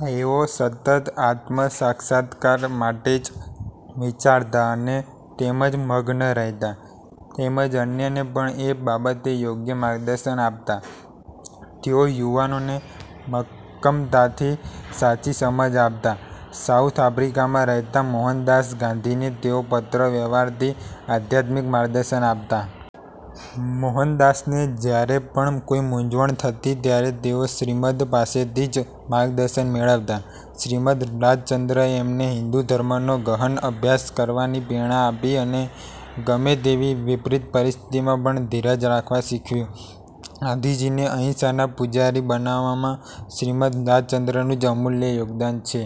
તેઓ સતત આત્મસાક્ષાત્કાર માટે જ વિચારતા અને એમાં જ મગ્ન। રહેતા. તેમજ અન્યને પણ એ બાબતે યોગ્ય માર્ગદર્શન આપતા. તેઓ યુવાનોને મક્કમતાથી સાચી સમજ આપતા. સાઉથ આફ્રિકામાં રહેતા મોહનદાસ ગાંધીને તેઓ પત્ર વ્યવહારથી આધ્યાત્મિક માર્ગદર્શન આપતા. મોહનદાસને જયારે પણ કોઈ મૂંઝવણ થતી ત્યારે તેઓ શ્રીમદ્ પાસેથી જ માર્ગદર્શન મેળવતા. શ્રીમદ્ રાજચંદ્રએ એમને હિન્દુ ધર્મનો ગહન અભ્યાસ કરવાની પ્રેરણા આપી અને ગમે તેવી વિપરીત પરિસ્થિતિમાં પણ ધીરજ રાખવા શીખવ્યું. ગાંધીજીને અહિંસાના પૂજારી બનાવવામાં શ્રીમદ્ રાજચંદ્રનું જ અમૂલ્ય યોગદાન છે.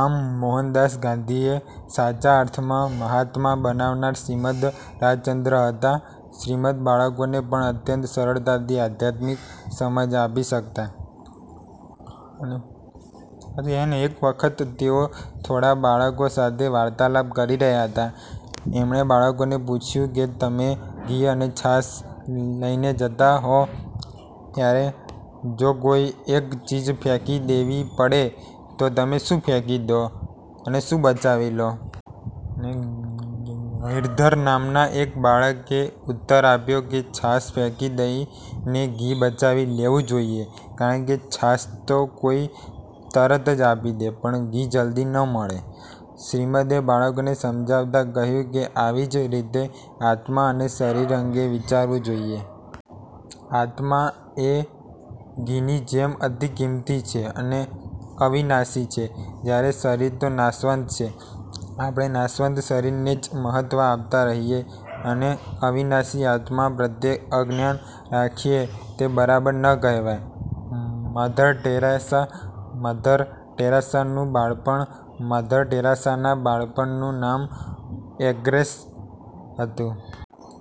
આમ, મોહનદાસ ગાંધીને સાચા અર્થમાં મહાત્મા બનાવનાર શ્રીમદ્ રાજચંદ્ર હતા! શ્રીમદ્ બાળકોને પણ અત્યંત સરળતાથી આધ્યાત્મિક સમજ આપી શકતા. એક વખત તેઓ થોડા બાળકો સાથે વાર્તાલાપ કરી રહ્યા હતા. એમણે બાળકોને પૂછ્યું કે તમે ઘી અને છાશ લઈને જતા હો ત્યારે જો કોઈ એક ચીજ ફેંકી દેવી પડે તો તમે શું ફેંકી દો અને શું બચાવી લો? ગિરધર નામના એક બાળકે ઉત્તર આપ્યો કે છાશ ફેંકી દઈને ઘી બચાવી લેવું જોઈએ કારણકે છાશ તો કોઈ તરત જ આપી દે પણ ઘી જલ્દી ન મળે. શ્રીમદ્એ બાળકોને સમજાવતાં કહ્યું કે આવી જ રીતે આત્મા અને શરીર અંગે વિચારવું જોઈએ. આત્મા એ ઘીની જેમ અતિ કિંમતી છે અને અવિનાશી છે. જયારે શરીર તો નાશવંત છે. આપણે નાશવંત શરીરને જ મહત્વ આપતાં રહીએ અને અવિનાશી આત્મા પ્રત્યે અજ્ઞાન રાખીએ તે બરાબર ન કહેવાય. મધર ટેરેસા મધર ટેરેસા નું બાળપણ મધર ટેરેસાના બાળપણનું નામ એગ્નેસ હતું.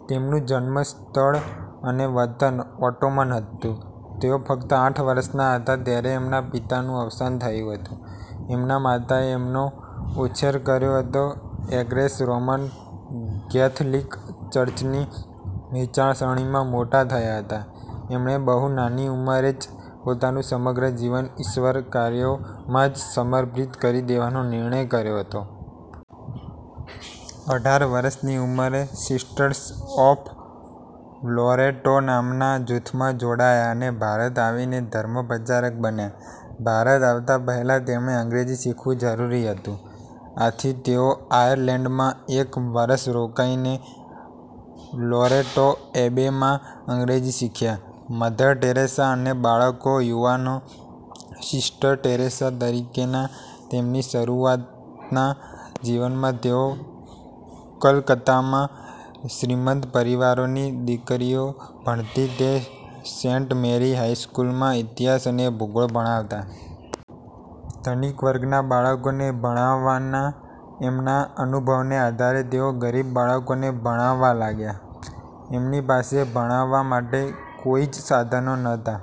તેમનું જન્મ સ્થળ અને વતન ઓટોમન હતું. તેઓ ફક્ત આઠ વર્ષના હતા ત્યારે એમના પિતાનું અવસાન થયું હતું. એમના માતાએ એમનો ઉછેર કર્યો હતો. એગ્નેસ રોમન કેથલિક ચર્ચની વિચારસરણીમાં મોટા થયા હતા. એમણે બહુ નાની ઉંમરે જ પોતાનું સમગ્ર જીવન ઈશ્વર કાર્યોમાં જ સમર્પિત કરી દેવાનો નિર્ણય કર્યો હતો. અઢાર વર્ષની ઉંમરે "સિસ્ટર્સ ઓફ લોરેટો" નામના જૂથમાં જોડાયા અને ભારત આવીને ધર્મપ્રચારક બન્યા. ભારત આવતાં પહેલાં તેમણે અંગ્રેજી શીખવું જરૂરી હતું. આથી તેઓ આયર્લેન્ડમાં એક વર્ષ રોકાઈને "લોરેટો એબે"માં અંગ્રેજી શીખ્યાં. મધર ટેરેસા અને બાળકો / યુવાનો સિસ્ટર ટેરેસા તરીકેના તેમની શરૂઆતના જીવનમાં તેઓ કલકત્તામાં શ્રીમંત પરિવારોની દીકરીઓ ભણતી તે સેન્ટ મેરી હાઈ સ્કૂલમાં ઇતિહાસ અને ભૂગોળ ભણાવતા. ધનિક વર્ગના બાળકોને ભણાવવાના એમના અનુભવને આધારે તેઓ ગરીબ બાળકોને ભણાવવા લાગ્યા. એમની પાસે ભણાવવા માટે કોઈ જ સાધનો નહોતા.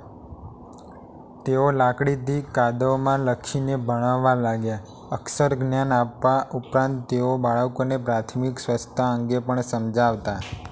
તેઓ લાકડીથી કાદવમાં લખીને ભણાવવા લાગ્યા. અક્ષરજ્ઞાન આપવા ઉપરાંત તેઓ બાળકોને પ્રાથમિક સ્વચ્છતા અંગે પણ સમજાવતા.